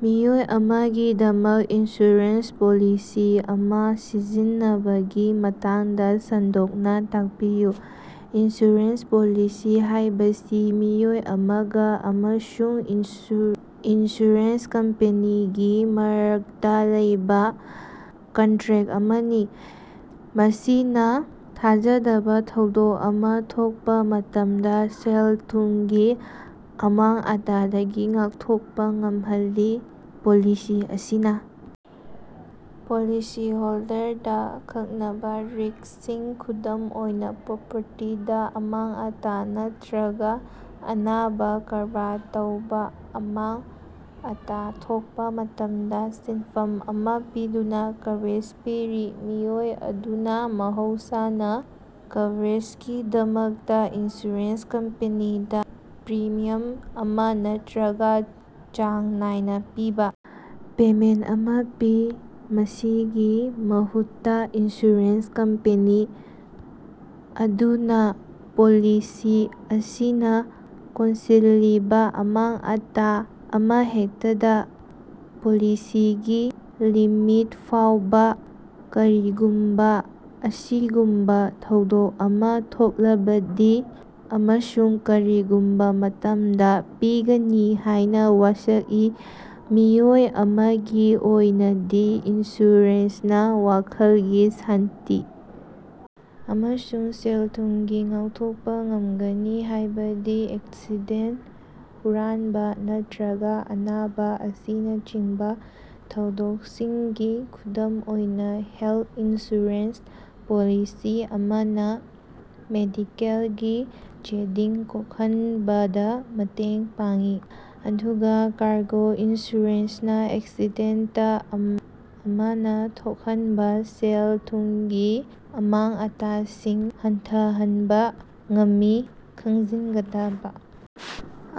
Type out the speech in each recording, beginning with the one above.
ꯃꯤꯑꯣꯏ ꯑꯃꯒꯤꯗꯃꯛ insurance policy ꯑꯃ ꯁꯤꯖꯤꯟꯅꯕꯒꯤ ꯃꯇꯥꯡꯗ ꯁꯟꯗꯣꯛꯅ ꯇꯥꯛꯄꯤꯌꯨ꯫ ꯏꯟꯁꯨꯔꯦꯟꯁ ꯄꯣꯂꯤꯁꯤ ꯍꯥꯏꯕꯁꯤ ꯃꯤꯑꯣꯏ ꯑꯃꯒ ꯑꯃꯁꯨꯡ ꯏꯟꯁꯨ ꯏꯟꯁꯨꯔꯦꯟꯁ ꯀꯝꯄꯅꯤꯒꯤ ꯃꯔꯛꯇ ꯂꯩꯕ ꯀꯟꯇꯔꯦꯠ ꯑꯃꯅꯤ꯫ ꯃꯁꯤꯅ ꯊꯥꯖꯗꯕ ꯊꯧꯗꯣꯛ ꯑꯃ ꯊꯣꯛꯄ ꯃꯇꯝꯗ ꯁꯦꯜ-ꯊꯨꯝꯒꯤ ꯑꯃꯥꯡ-ꯑꯇꯥꯗꯒꯤ ꯉꯥꯛꯊꯣꯛꯄ ꯉꯝꯍꯜꯂꯤ꯫ ꯄꯣꯂꯤꯁꯤ ꯑꯁꯤꯅ ꯄꯣꯂꯤꯁꯤ ꯍꯣꯜꯗꯔꯗ ꯑꯀꯛꯅꯕ ꯔꯤꯛꯁ ꯁꯤꯡ ꯈꯨꯗꯝ ꯑꯣꯏꯅ ꯄ꯭ꯔꯣꯄꯔꯇꯤꯗ ꯑꯃꯥꯡ-ꯑꯇꯥ ꯅꯠꯇꯔꯒ ꯑꯅꯥꯕ, ꯀꯔꯚꯔ ꯇꯧꯕ ꯑꯃꯥꯡ-ꯑꯇꯥ ꯊꯣꯛꯄ ꯃꯇꯝꯗ ꯁꯦꯟꯐꯝ ꯑꯃ ꯄꯤꯗꯨꯅ ꯀꯣꯚꯔꯦꯖ ꯄꯤꯔꯤ꯫ ꯃꯤꯑꯣꯏ ꯑꯗꯨꯅ ꯃꯍꯧꯁꯥꯅ ꯀꯣꯚꯔꯦꯖꯒꯤꯗꯃꯛꯇ ꯏꯟꯁꯨꯔꯦꯟꯁ ꯀꯝꯄꯅꯤꯗ ꯄ꯭ꯔꯤꯃꯤꯌꯝ ꯑꯃ ꯅꯠꯇꯔꯒ ꯆꯥꯡ ꯅꯥꯏꯅ ꯄꯤꯕ ꯄꯦꯃꯦꯟꯇ ꯑꯃ ꯄꯤ꯫ ꯃꯁꯤꯒꯤ ꯃꯍꯨꯠꯇ, ꯏꯟꯁꯨꯔꯦꯟꯁ ꯀꯝꯄꯦꯅꯤ ꯑꯗꯨꯅ ꯄꯣꯂꯤꯁꯤ ꯑꯁꯤꯅ ꯀꯣꯟꯁꯤꯜꯂꯤꯕ ꯑꯃꯥꯡ-ꯑꯇꯥ ꯑꯃꯍꯦꯛꯇꯗ, ꯄꯣꯂꯤꯁꯤꯒꯤ ꯂꯤꯃꯤꯠ ꯐꯥꯎꯕ ꯀꯔꯤꯒꯨꯝꯕ ꯑꯁꯤꯒꯨꯝꯕ ꯊꯧꯗꯣꯛ ꯑꯃ ꯊꯣꯛꯂꯕꯗꯤ ꯑꯃꯁꯨꯡ ꯀꯔꯤꯒꯨꯝꯕ ꯃꯇꯝꯗ ꯄꯤꯒꯅꯤ ꯍꯥꯏꯅ ꯋꯥꯁꯛꯏ꯫ ꯃꯤꯑꯣꯏ ꯑꯃꯒꯤ ꯑꯣꯏꯅꯗꯤ, ꯏꯟꯁꯨꯔꯦꯟꯁꯅ ꯋꯥꯈꯜꯒꯤ ꯁꯥꯟꯇꯤ ꯑꯃꯁꯨꯡ ꯁꯦꯜ-ꯊꯨꯝꯒꯤ ꯉꯥꯛꯊꯣꯛꯄ ꯉꯝꯒꯅꯤ, ꯍꯥꯏꯕꯗꯤ ꯑꯦꯛꯁꯤꯗꯦꯟ, ꯍꯨꯔꯥꯟꯕ ꯅꯠꯇꯔꯒ ꯑꯅꯥꯕ ꯑꯁꯤꯅꯆꯤꯡꯕ ꯊꯧꯗꯣꯛꯁꯤꯡꯒꯤ ꯈꯨꯗꯝ ꯑꯣꯏꯅ, ꯍꯦꯜꯊ ꯏꯟꯁꯨꯔꯦꯟꯁ ꯄꯣꯂꯤꯁꯤ ꯑꯃꯅ ꯃꯦꯗꯤꯀꯦꯜꯒꯤ ꯆꯦꯗꯤꯡ ꯀꯣꯛꯍꯟꯕꯗ ꯃꯇꯦꯡ ꯄꯥꯡꯏ, ꯑꯗꯨꯒ ꯀꯥꯔꯒꯣ ꯏꯟꯁꯨꯔꯦꯟꯁꯅ ꯑꯦꯛꯁꯤꯗꯦꯟꯇ ꯑꯃꯅ ꯊꯣꯛꯍꯟꯕ ꯁꯦꯜ-ꯊꯨꯝꯒꯤ ꯑꯃꯥꯡ-ꯑꯇꯥꯁꯤꯡ ꯍꯟꯊꯍꯟꯕ ꯉꯝꯃꯤ꯫ ꯈꯪꯖꯤꯟꯒꯗꯕꯥ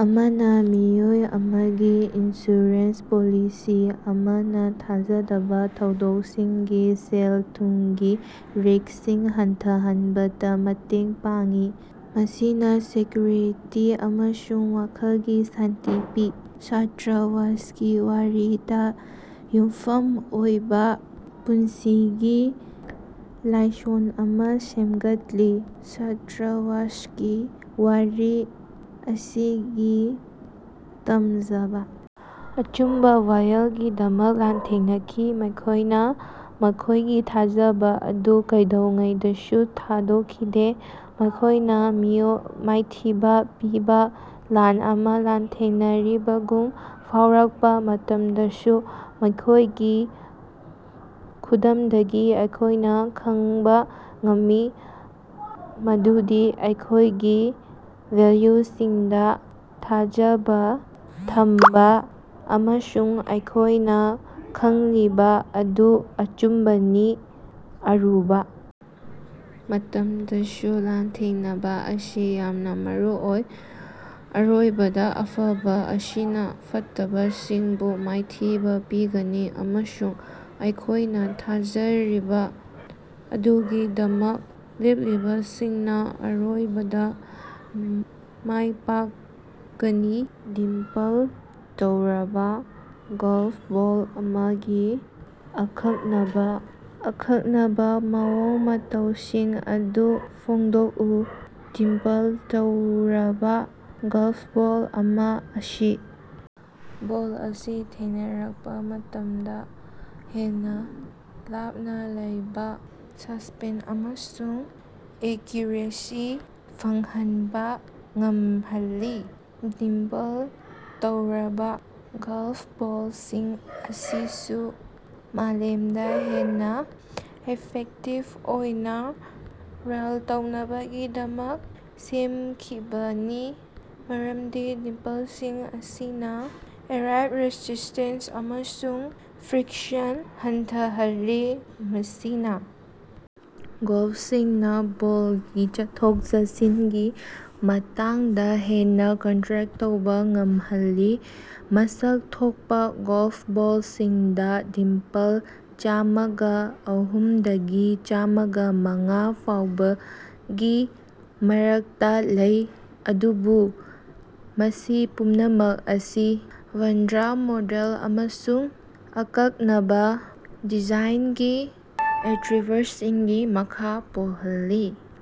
ꯑꯃꯅ ꯃꯤꯑꯣꯏ ꯑꯃꯒꯤ ꯏꯟꯁꯨꯔꯦꯟꯁ ꯄꯣꯂꯤꯁꯤ ꯑꯃꯅ ꯊꯥꯖꯗꯕ ꯊꯧꯗꯣꯛꯁꯤꯡꯒꯤ ꯁꯦꯜ-ꯊꯨꯝꯒꯤ ꯔꯤꯛꯁꯁꯤꯡ ꯍꯟꯊꯍꯟꯕꯗ ꯃꯇꯦꯡ ꯄꯥꯡꯏ, ꯃꯁꯤꯅꯥ ꯁꯦꯛꯌꯨꯔꯤꯇꯤ ꯑꯃꯁꯨꯡ ꯋꯥꯈꯜꯒꯤ ꯁꯥꯟꯇꯤ ꯄꯤ꯫ ꯁ꯭ꯇꯥꯔ ꯋꯥꯔꯁꯀꯤ ꯋꯥꯔꯤꯗ ꯌꯨꯝꯐꯝ ꯑꯣꯏꯕ ꯄꯨꯟꯁꯤꯒꯤ ꯂꯥꯏꯁꯣꯟ ꯑꯃ ꯁꯦꯝꯒꯠꯂꯤ꯫ ꯁ꯭ꯇꯥꯔ ꯋꯥꯔꯁꯀꯤ ꯋꯥꯔꯤ ꯑꯁꯤꯒꯤ ꯇꯝꯖꯕ ꯑꯆꯨꯝꯕ ꯋꯥꯌꯦꯜꯒꯤꯗꯃꯛ ꯂꯥꯟꯊꯦꯡꯅꯈꯤ꯫ ꯃꯈꯣꯏꯅ ꯃꯈꯣꯏꯒꯤ ꯊꯥꯖꯕ ꯑꯗꯨ ꯀꯩꯗꯧꯉꯩꯗꯁꯨ ꯊꯥꯗꯣꯛꯈꯤꯗꯦ꯫ ꯃꯈꯣꯏꯅ ꯃꯤꯑꯣ ꯃꯥꯏꯊꯤꯕ ꯄꯤꯕ ꯂꯥꯟ ꯑꯃ ꯂꯥꯟꯊꯦꯡꯅꯔꯤꯕꯒꯨꯝ ꯐꯥꯎꯔꯛꯄ ꯃꯇꯝꯗꯁꯨ ꯃꯈꯣꯏꯒꯤ ꯈꯨꯗꯝꯗꯒꯤ ꯑꯩꯈꯣꯏꯅ ꯈꯪꯕ ꯉꯝꯃꯤ ꯃꯗꯨꯗꯤ ꯑꯩꯈꯣꯏꯒꯤ ꯚꯦꯜꯌꯨꯁꯤꯡꯗꯥ ꯊꯥꯖꯕ ꯊꯝꯕ ꯑꯃꯁꯨꯡ ꯑꯩꯈꯣꯏꯅ ꯈꯪꯂꯤꯕ ꯑꯗꯨ ꯑꯆꯨꯝꯕꯅꯤ, ꯑꯔꯨꯕꯥ ꯃꯇꯝꯗꯁꯨ ꯂꯥꯟꯊꯦꯡꯅꯕ ꯑꯁꯤ ꯌꯥꯝꯅ ꯃꯔꯨ ꯑꯣꯏ꯫ ꯑꯔꯣꯏꯕꯗ ꯑꯐꯕ ꯑꯁꯤꯅ ꯐꯠꯇꯕꯁꯤꯡꯕꯨ ꯃꯥꯏꯊꯤꯕ ꯄꯤꯒꯅꯤ ꯑꯃꯁꯨꯡ ꯑꯩꯈꯣꯏꯅ ꯊꯥꯖꯔꯤꯕ ꯑꯗꯨꯒꯤꯗꯃꯛ ꯂꯦꯞꯂꯤꯕꯁꯤꯡꯅ ꯑꯔꯣꯏꯕꯗ ꯃꯥꯏꯄꯥꯛꯀꯅꯤ꯫ ꯗꯤꯝꯄꯜ ꯇꯧꯔꯕ ꯒꯜꯐ ꯕꯣꯜ ꯑꯃꯒꯤ ꯑꯈꯛꯅꯕ ꯑꯈꯛꯅꯕ ꯃꯑꯣꯡ-ꯃꯇꯧꯁꯤꯡ ꯑꯗꯨ ꯐꯣꯡꯗꯣꯛꯎ꯫ ꯗꯤꯝꯄꯜ ꯇꯧꯔꯕ ꯒꯜꯐ ꯕꯣꯜ ꯑꯃ ꯑꯁꯤ ꯕꯣꯜ ꯑꯁꯤ ꯊꯦꯡꯅꯔꯛꯄ ꯃꯇꯝꯗ ꯍꯦꯟꯅ ꯂꯥꯞꯅ ꯂꯩꯕ, ꯁꯥꯁꯄꯤꯟ ꯑꯃꯁꯨꯡ ꯑꯦꯛꯌꯨꯔꯦꯁꯤ ꯐꯪꯍꯟꯕ ꯉꯝꯍꯜꯂꯤ꯫ ꯗꯤꯝꯄꯜ ꯇꯧꯔꯕ ꯒꯜꯐ ꯕꯣꯜꯁꯤꯡ ꯑꯁꯤꯁꯨ ꯃꯥꯂꯦꯝꯗ ꯍꯦꯟꯅ ꯏꯐꯦꯛꯇꯤꯕ ꯑꯣꯏꯅ ꯔꯣꯜ ꯇꯧꯅꯕꯒꯤꯗꯃꯛ ꯁꯦꯝꯈꯤꯕꯅꯤ, ꯃꯔꯝꯗꯤ ꯗꯤꯝꯄꯜꯁꯤꯡ ꯑꯁꯤꯅ ꯑꯦꯌꯔ ꯔꯦꯁꯤꯁ꯭ꯇꯦꯟꯁ ꯑꯃꯁꯨꯡ ꯐ꯭ꯔꯤꯛꯁꯟ ꯍꯟꯊꯍꯜꯂꯤ, ꯃꯁꯤꯅ ꯒꯜꯐꯔꯁꯤꯡꯅ ꯕꯣꯜꯒꯤ ꯆꯠꯊꯣꯛ-ꯆꯠꯁꯤꯟꯒꯤ ꯃꯇꯥꯡꯗ ꯍꯦꯟꯅ ꯀꯟꯇ꯭ꯔꯦꯛ ꯇꯧꯕ ꯉꯝꯍꯜꯂꯤ꯫ ꯃꯁꯛ ꯊꯣꯛꯄ ꯒꯜꯐ ꯕꯣꯜꯁꯤꯡꯗ ꯗꯤꯝꯄꯜ ꯆꯥꯃꯒ ꯑꯍꯨꯝꯗꯒꯤ ꯆꯥꯃꯒꯃꯉꯥ ꯐꯥꯎꯕꯒꯤ ꯃꯔꯛꯇ ꯂꯩ, ꯑꯗꯨꯕꯨ ꯃꯁꯤ ꯄꯨꯝꯅꯃꯛ ꯑꯁꯤ ꯕꯟꯔꯥꯟ, ꯃꯣꯗꯦꯜ ꯑꯃꯁꯨꯡ ꯑꯀꯛꯅꯕ ꯗꯤꯖꯥꯏꯅꯒꯤ ꯑꯦꯠꯔꯤꯕ꯭ꯌꯨꯁꯅꯁꯤꯡꯒꯤ ꯃꯈꯥ ꯄꯣꯜꯂꯤ꯫